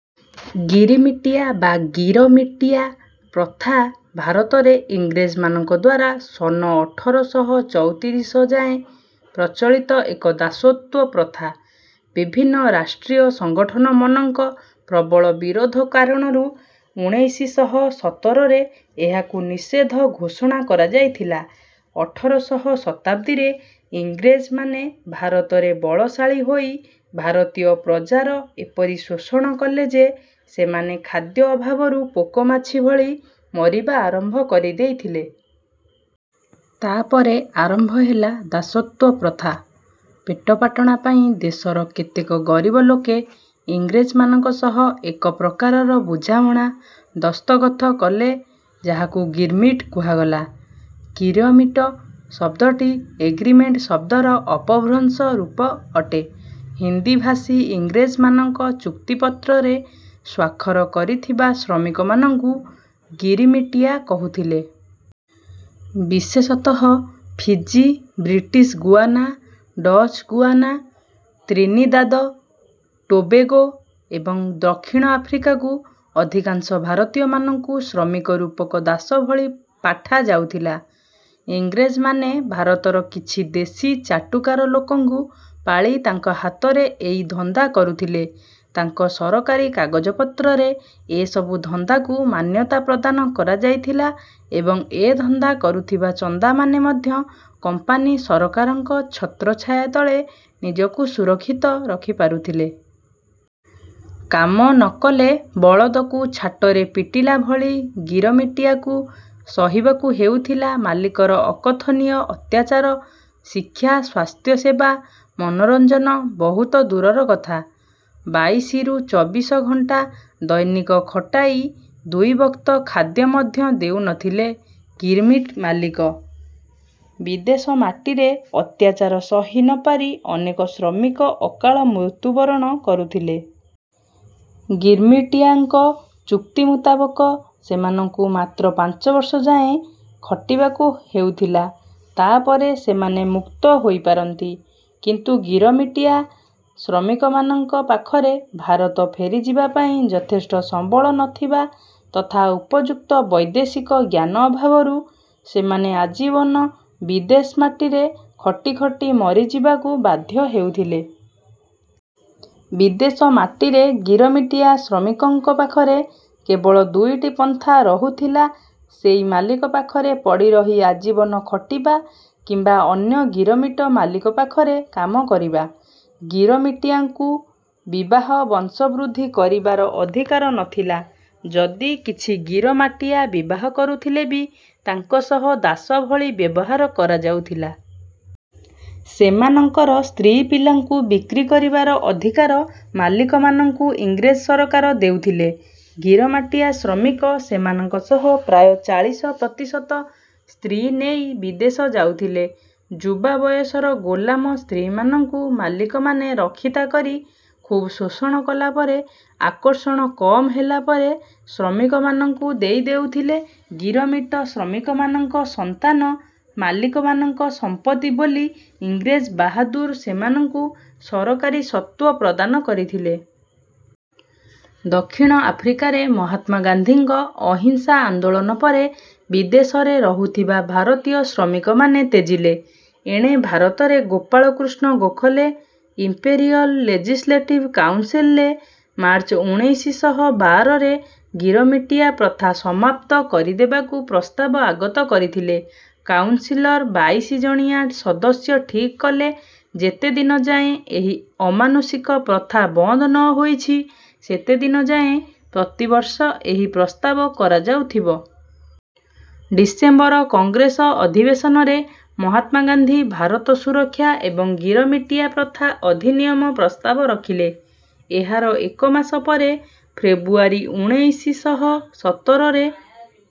ଗିରିମିଟିଆ ବା ଗିରମିଟିୟା ପ୍ରଥା ଭାରତରେ ଇଂରେଜ ମାନଙ୍କଦ୍ୱାରା ସନ ଅଠର ଶହ ଚଉତିରିଶ ଯାଏଁ ପ୍ରଚଳିତ ଏକ ଦାସତ୍ୱ ପ୍ରଥା। ବିଭିନ୍ନ ରାଷ୍ଟ୍ରୀୟ ସଂଗଠନ ମନଙ୍କ ପ୍ରବଳ ବିରୋଧ କାରଣରୁ ଉଣେଇଶି ଶହ ସତର ରେ ଏହାକୁ ନିଷେଧ ଘୋଷଣା କରାଯାଇଥିଲା। ଅଠର ଶହ ଶତାବ୍ଦୀରେ ଇଂରେଜ ମାନେ ଭାରତରେ ବଳଶାଳୀ ହୋଇ ଭାରତୀୟ ପ୍ରଜାର ଏପରି ଶୋଷଣ କଲେ ଯେ ସେମାନେ ଖାଦ୍ୟ ଅଭାବରୁ ପୋକମାଛି ଭଳି ମରିବା ଆରମ୍ଭ କରିଦେଇଥିଲେ। ତାପରେ ଆରମ୍ଭ ହେଲା ଦାସତ୍ୱ ପ୍ରଥା। ପେଟପାଟଣା ପାଇଁ ଦେଶର କେତେକ ଗରିବ ଲୋକେ ଇଂରେଜ ମାନଙ୍କ ସହ ଏକ ପ୍ରକାରର ବୁଝାମଣା ଦସ୍ତଖତ କଲେ ଯାହାକୁ ଗିରମିଟ କୁହାଗଲା। ଗିରମିଟ ଶବ୍ଦଟି ଏଗ୍ରିମେଣ୍ଟ ଶବ୍ଦର ଅପଭ୍ରଂଶ ରୂପ ଅଟେ। ହିନ୍ଦୀଭାଷୀ ଇଂରେଜମାନଙ୍କ ଚୁକ୍ତିପତ୍ରରେ ସ୍ୱାକ୍ଷର କରିଥିବା ଶ୍ରମିକମାନଙ୍କୁ ଗିରିମିଟିୟା କହୁଥିଲେ। ବିଶେଷତଃ Fiji, British Guiana, Dutch Guiana, Trinidad Tobago ଏବଂ ଦକ୍ଷିଣ ଆଫ୍ରିକାକୁ ଅଧିକାଂଶ ଭାରତୀୟମାନଙ୍କୁ ଶ୍ରମିକ ରୂପକ ଦାସ ଭଳି ପାଠାଯାଉଥିଲା। ଇଂରେଜ ମାନେ ଭାରତର କିଛି ଦେଶୀ ଚାଟୁକାର ଲୋକଙ୍କୁ ପାଳି ତାଙ୍କ ହାତରେ ଏଇ ଧନ୍ଦା କରୁଥିଲେ। ତାଙ୍କ ସରକାରୀ କାଗଜପତ୍ରରେ ଏ ସବୁ ଧନ୍ଦାକୁ ମାନ୍ଯତା ପ୍ରଦାନ କରାଯାଇଥିଲା ଏବଂ ଏ ଧନ୍ଦା କରୁଥିବା ଚନ୍ଦାମାନେ ମଧ୍ୟ କମ୍ପାନୀ ସରକାରଙ୍କ ଛତ୍ରଛାୟା ତଳେ ନିଜକୁ ସୁରକ୍ଷିତ ରଖିପାରୁଥିଲେ। କାମ ନ କଲେ ବଳଦକୁ ଛାଟରେ ପିଟିଲା ଭଳି ଗିରମିଟିଆକୁ ସହିବାକୁ ହେଉଥିଲା ମାଲିକର ଅକଥନୀୟ ଅତ୍ୟାଚାର ଶିକ୍ଷା ସ୍ୱାସ୍ଥ୍ୟସେବା ମନୋରଂଜନ ବହୁତ ଦୂରର କଥା। ବାଇଶି ରୁ ଚବିଶ ଘଣ୍ଟା ଦୈନିକ ଖଟାଇ ଦୁଇ ବକ୍ତ ଖାଦ୍ୟ ମଧ୍ୟ ଦେଉନଥିଲେ ଗିରମିଟ ମାଲିକ। ବିଦେଶ ମାଟିରେ ଅତ୍ୟାଚାର ସହି ନ ପାରି ଅନେକ ଶ୍ରମିକ ଅକାଳ ମୃତ୍ୟୁବରଣ କରୁଥିଲେ। ଗିରମିଟିଆଙ୍କ ଚୁକ୍ତି ମୁତାବକ ସେମାନଙ୍କୁ ମାତ୍ର ପାଞ୍ଚବର୍ଷ ଯାଏଁ ଖଟିବାକୁ ହେଉଥିଲା। ତାପରେ ସେମାନେ ମୁକ୍ତ ହୋଇପାରନ୍ତି। କିନ୍ତୁ ଗିରମିଟିଆ ଶ୍ରମିକମାନଙ୍କ ପାଖରେଭାରତ ଫେରିଯିବା ପାଇଁ ଯଥେଷ୍ଟ ସମ୍ବଳ ନଥିବା ତଥା ଉପଯୁକ୍ତ ବୈଦେଶିକ ଜ୍ଞାନ ଅଭାବରୁ ସେମାନେ ଆଜୀବନ ବିଦେଶ ମାଟିରେ ଖଟି ଖଟି ମରିଯିବାକୁ ବାଧ୍ଯ ହେଉଥିଲେ। ବିଦେଶ ମାଟିରେ ଗିରମିଟିଆ ଶ୍ରମିକଙ୍କ ପାଖରେ କେବଳ ଦୁଇଟି ପନ୍ଥା ରହୁଥିଲାସେଇ ମାଲିକ ପାଖରେ ପଡିରହି ଆଜୀବନ ଖଟିବା କିମ୍ବା ଅନ୍ଯ ଗିରମିଟ ମାଲିକ ପାଖରେ କାମ କରିବା। ଗିରମିଟିଆକୁ ବିବାହ ବଂଶବୃଦ୍ଧି କରିବାର ଅଧିକାର ନଥିଲା। ଯଦି କିଛି ଗିରମାଟିଆ ବିବାହ କରୁଥିଲେ ବି ତାଙ୍କ ସହ ଦାସ ଭଳି ବ୍ଯବହାର କରାଯାଉଥିଲା। ସେମାନଙ୍କର ସ୍ତ୍ରୀ ପିଲାଙ୍କୁ ବିକ୍ରୀ କରିବାର ଅଧିକାର ମାଲିକମାନଙ୍କୁ ଇଂରେଜ ସରକାର ଦେଉଥିଲେ। ଗିରମାଟିଆ ଶ୍ରମିକ ସେମାନଙ୍କ ସହ ପ୍ରାୟଃ ଚାଳିସ ପ୍ରତିଶତ ସ୍ତ୍ରୀନେଇ ବିଦେଶ ଯାଉଥିଲେ। ଯୁବା ବୟସର ଗୋଲାମ ସ୍ତ୍ରୀମାନଙ୍କୁ ମାଲିକ ମାନେ ରକ୍ଷିତା କରି ଖୁବ ଶୋଷଣ କଲାପରେ ଆକର୍ଷଣ କମ ହେଲା ପରେ ଶ୍ରମିକମାନଙ୍କୁ ଦେଇଦେଉଥିଲେ ଗିରମିଟ ଶ୍ରମିକ ମାନଙ୍କ ସନ୍ତାନ ମାଲିକ ମାନଙ୍କ ସମ୍ପତ୍ତି ବୋଲି ଇଂରେଜ ବାହାଦୁର ସେମାନଙ୍କୁ ସରକାରୀ ସତ୍ତ୍ୱ ପ୍ରଦାନ କରିଥିଲେ। ଦକ୍ଷିଣ ଆଫ୍ରିକାରେ ମହାତ୍ମା ଗାନ୍ଧୀଙ୍କ ଅହିଂସା ଆନ୍ଦୋଳନ ପରେ ବିଦେଶରେ ରହୁଥିବା ଭାରତୀୟ ଶ୍ରମିକ ମାନେ ତେଜିଲେ। ଏଣେ ଭାରତରେ ଗୋପାଳ କୃଷ୍ଣ ଗୋଖଲେ, ଇମ୍ପେରିୟଲ ଲେଜିସ୍ଲେଟିଭ କାଉନସିଲରେ ମାର୍ଚ୍ଚ ଉଣେଇଶି ଶହ ବାରରେ ଗିରମିଟିଆ ପ୍ରଥା ସମାପ୍ତ କରିଦେବାକୁ ପ୍ରସ୍ତାବ ଆଗତ କରିଥିଲେ। କାଉନସିଲର ବାଇଶି ଜଣିଆ ସଦସ୍ୟ ଠିକ କଲେ ଯେତେଦିନ ଯାଏଁ ଏହି ଅମାନୁଷିକ ପ୍ରଥା ବନ୍ଦ ନ ହୋଇଛି ସେତେଦିନ ଯାଏଁ ପ୍ରତିବର୍ଷ ଏହି ପ୍ରସ୍ତାବ କରାଯାଉଥିବ। ଡିସେମ୍ବର କଂଗ୍ରେସ ଅଧିବେଶନରେ ମହାତ୍ମା ଗାନ୍ଧୀ, ଭାରତ ସୁରକ୍ଷା ଏବଂ ଗିରମିଟିଆ ପ୍ରଥା ଅଧିନିୟମ ପ୍ରସ୍ତାବ ରଖିଲେ। ଏହାର ଏକ ମାସ ପରେ ଫେବୃଆରୀ ଉଣେଇଶି ଶହ ସତରରେ